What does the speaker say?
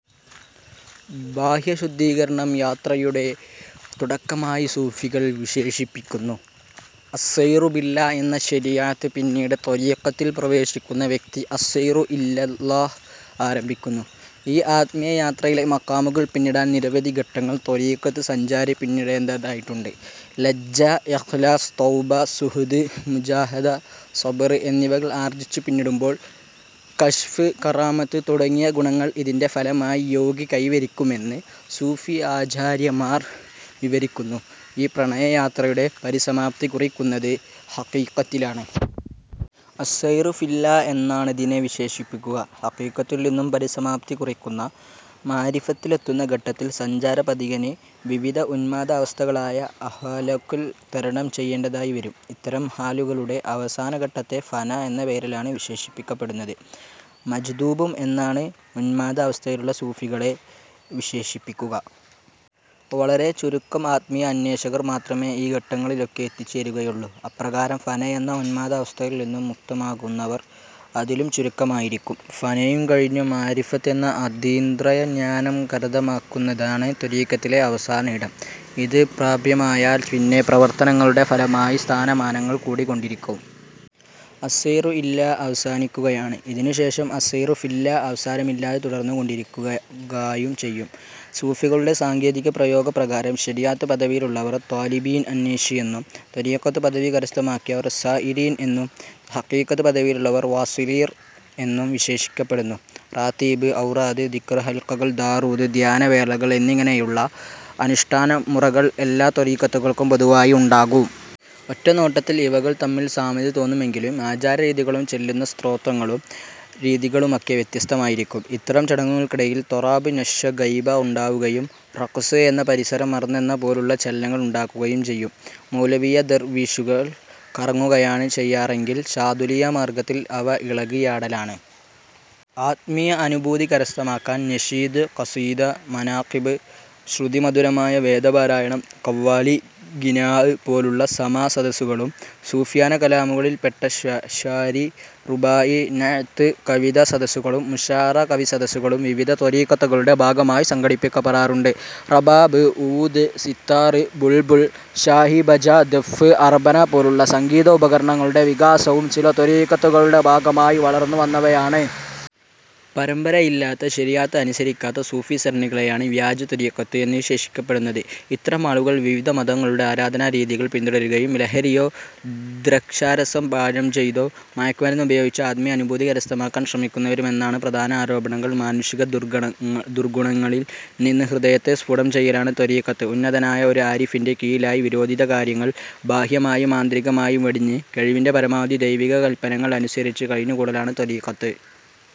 ബാഹ്യശുദ്ധീകരണം യാത്രയുടെ തുടക്കമായി സൂഫികൾ വിശേഷിപ്പിക്കുന്നു. അസ്സൈറു ബില്ലാഹ് എന്ന ശരീഅത്ത് പിന്നിട്ട് ത്വരീഖത്തിൽ പ്രവേശിക്കുന്ന വ്യക്തി അസ്സൈറു ഇലല്ലാഹ് ആരംഭിക്കുന്നു. ഈ ആത്മീയ യാത്രയിലെ മഖാമുകൾ പിന്നിടാൻ നിരവധി ഘട്ടങ്ങൾ ത്വരീഖത്ത് സഞ്ചാരി പിന്നിണ്ടേണ്ടതായിട്ടുണ്ട് ലജ്ജ ഇഖ്ലാസ് തൗബ, സുഹ്ദ് മുജാഹദ, സ്വബ്ർ, എന്നിവകൾ ആർജ്ജിച്ചു പിന്നിടുമ്പോൾ കശ്ഫ്, കറാമത്ത് തുടങ്ങിയ ഗുണങ്ങൾ ഇതിൻറെ ഫലമായി യോഗി കൈവരിക്കുമെന്ന് സൂഫി ആചാര്യമാർ വിവരിക്കുന്നു ഈ പ്രണയ യാത്രയുടെ പരിസമാപ്തി കുറിക്കുന്നത് ഹഖീഖത്തിലാണ്. അസ്സൈറു ഫില്ലാഹ് എന്നാണിതിനെ വിശേഷിപ്പിക്കുക. ഹഖീഖത്തിൽ നിന്നും പരിസമാപ്തി കുറിക്കുന്ന മഅരിഫഅത്തിലെത്തുന്ന ഘട്ടത്തിൽ സഞ്ചാര പഥികന് വിവിധ ഉന്മാദ അവസ്ഥകളായ അഹ്വാൽലുകൾ തരണം ചെയ്യേണ്ടതായി വരും. ഇത്തരം ഹാലുകളുടെ അവസാന ഘട്ടത്തെ ഫന എന്ന പേരിലാണ് വിശേഷിപ്പിക്കപ്പടുന്നത്. മജ്ദൂബും എന്നാണ് ഉന്മാദ അവസ്ഥയിലുള്ള സൂഫികളെ വിശേഷിപ്പിക്കുക. വളരെ ചുരുക്കം ആത്മീയ അന്വേഷകർ മാത്രമേ ഈ ഘട്ടങ്ങളിലൊക്കെ എത്തിച്ചേരുകയുള്ളു. അപ്രകാരം ഫനയെന്ന ഉന്മാദ അവസ്ഥയിൽ നിന്നും മുക്തമാകുന്നവർ അതിലും ചുരുക്കമായിരിക്കും. ഫനയും കഴിഞ്ഞു മഅരിഫത്ത് എന്ന അതീന്ദ്രയ ജ്ഞാനം കരഗതമാകുന്നതാണ് ത്വരീഖത്തിലെ അവസാന ഇടം. ഇത് പ്രാപ്യമായാൽ പിന്നെ പ്രവർത്തനങ്ങളുടെ ഫലമായി സ്ഥാനമാനങ്ങൾ കൂടി കൊണ്ടിരിക്കും. അസ്സൈറു ഇലല്ലാഹ്' അവസാനിക്കുകയാണ്. ഇതിന്നു ശേഷം 'അസ്സൈറു ഫില്ലാഹ്' അവസാനമില്ലാതെ തുടർന്ന് കൊണ്ടിരിക്കുകായും ചെയ്യും. സ്വൂഫികളുടെ സാങ്കേതിക പ്രയോഗ പ്രകാരം ശരീഅത്ത് പദവിയിലുള്ളവർ ' ത്വാലിബീൻ' അന്വേഷി എന്നും, ത്വരീഖത്ത് പദവി കരസ്ഥമാക്കിയവർ 'സാ ഇരീൻ' എന്നും, ഹഖീഖത്ത് പദവിയിലുള്ളവർ 'വാസ്വിലീൻ' എന്നും വിശേഷിക്കപ്പെടുന്നു. റാത്തീബ്, ഔറാദ്, ദിഖ്ർ ഹൽഖകൾ, ദാറൂദ്, ധ്യാനവേളകൾ എന്നിങ്ങനെയുള്ള അനുഷ്ഠാന മുറകൾ എല്ലാ ത്വരീഖത്തുകൾക്കും പൊതുവായി ഉണ്ടാകും. ഒറ്റ നോട്ടത്തിൽ ഇവകൾ തമ്മിൽ സാമ്യത തോന്നുമെങ്കിലും ആചാര രീതികളും ചൊല്ലുന്ന സ്തോത്രങ്ങളും രീതികളുമൊക്കെ വ്യത്യസ്തമായിരിക്കും. ഇത്തരം ചടങ്ങുകൾക്കിടയിൽ ത്വറബ് നശ്വ ഗൈബ ഉണ്ടാവുകയും റഖ്സ്വ് എന്ന പരിസരം മറന്നെന്ന പോലുള്ള ചലനങ്ങൾ ഉണ്ടാകുകയും ചെയ്യും. മൗലവിയ്യ ദർവീശുകൾ കറങ്ങുകയാണ് ചെയ്യാറെങ്കിൽ ശാദുലിയ്യ മാർഗ്ഗത്തിൽ അവ ഇളകിയാടലാണ്. ആത്മീയ അനുഭൂതി കരസ്ഥമാക്കാൻ നശീദ്, ഖസീദഃ, മനാഖിബ്, ശ്രുതിമധുരമായ വേദ പാരായണം, ഖവ്വാലി, ഗിനാഅ്, പോലുള്ള സമാഃ സദസ്സുകളും, സൂഫിയാന കലാമുകളിൽ പെട്ട ശ്യാരി, റുബായി, നഅ്ത്ത് കവിതാസദസ്സുകളും, മുശാഅറ കവി സദസ്സുകളും വിവിധ ത്വരീഖത്തുകളുടെ ഭാഗമായി സംഘടിക്കപ്പെടാറുണ്ട്. റബാബ്, ഊദ്, സിത്താർ, ബുൾബുൾ, ഷാഹിബാജ, ദഫ്, അറബന പോലുള്ള സംഗീത ഉപകരണങ്ങളുടെ വികാസവും ചില ത്വരീഖത്തുകളുടെ ഭാഗമായി വളർന്നു വന്നവയാണ്. പരമ്പര ഇല്ലാത്ത, ശരീഅത്ത് അനുസരിക്കാത്ത സൂഫി സരണികളെയാണ് വ്യാജ ത്വരീഖത്ത് എന്ന് വിശേഷിക്കപ്പെടുന്നത്. ഇത്തരം ആളുകൾ വിവിധ മതങ്ങളുടെ ആരാധനാ രീതികൾ പിന്തുടരുകയും ലഹരിയോ, ദ്രാക്ഷാരസം പാനം ചെയ്തോ, മയക്കുമരുന്നുപയോഗിച്ചോ ആത്മീയ അനുഭൂതി കരസ്ഥമാക്കാൻ ശ്രമിക്കുന്നവരുമാണെന്നാണ് പ്രധാന ആരോപണങ്ങൾ മാനുഷിക ദുർഗ്ഗുണങ്ങളിൽ നിന്ന് ഹൃദയത്തെ സ്ഫുടം ചെയ്യലാണ് ത്വരീഖത്ത് ഉന്നതനായ ഒരു ആരിഫിന്റെ കീഴിലായി വിരോധിത കാര്യങ്ങൾ ബാഹ്യമായും ആന്തരികമായും വെടിഞ്ഞ്, കഴിവിന്റെ പരമാവധി ദൈവിക കൽപ്പനകൾ അനുസരിച്ച് കഴിഞ്ഞുകൂടലാണ് ത്വരീഖത്ത്.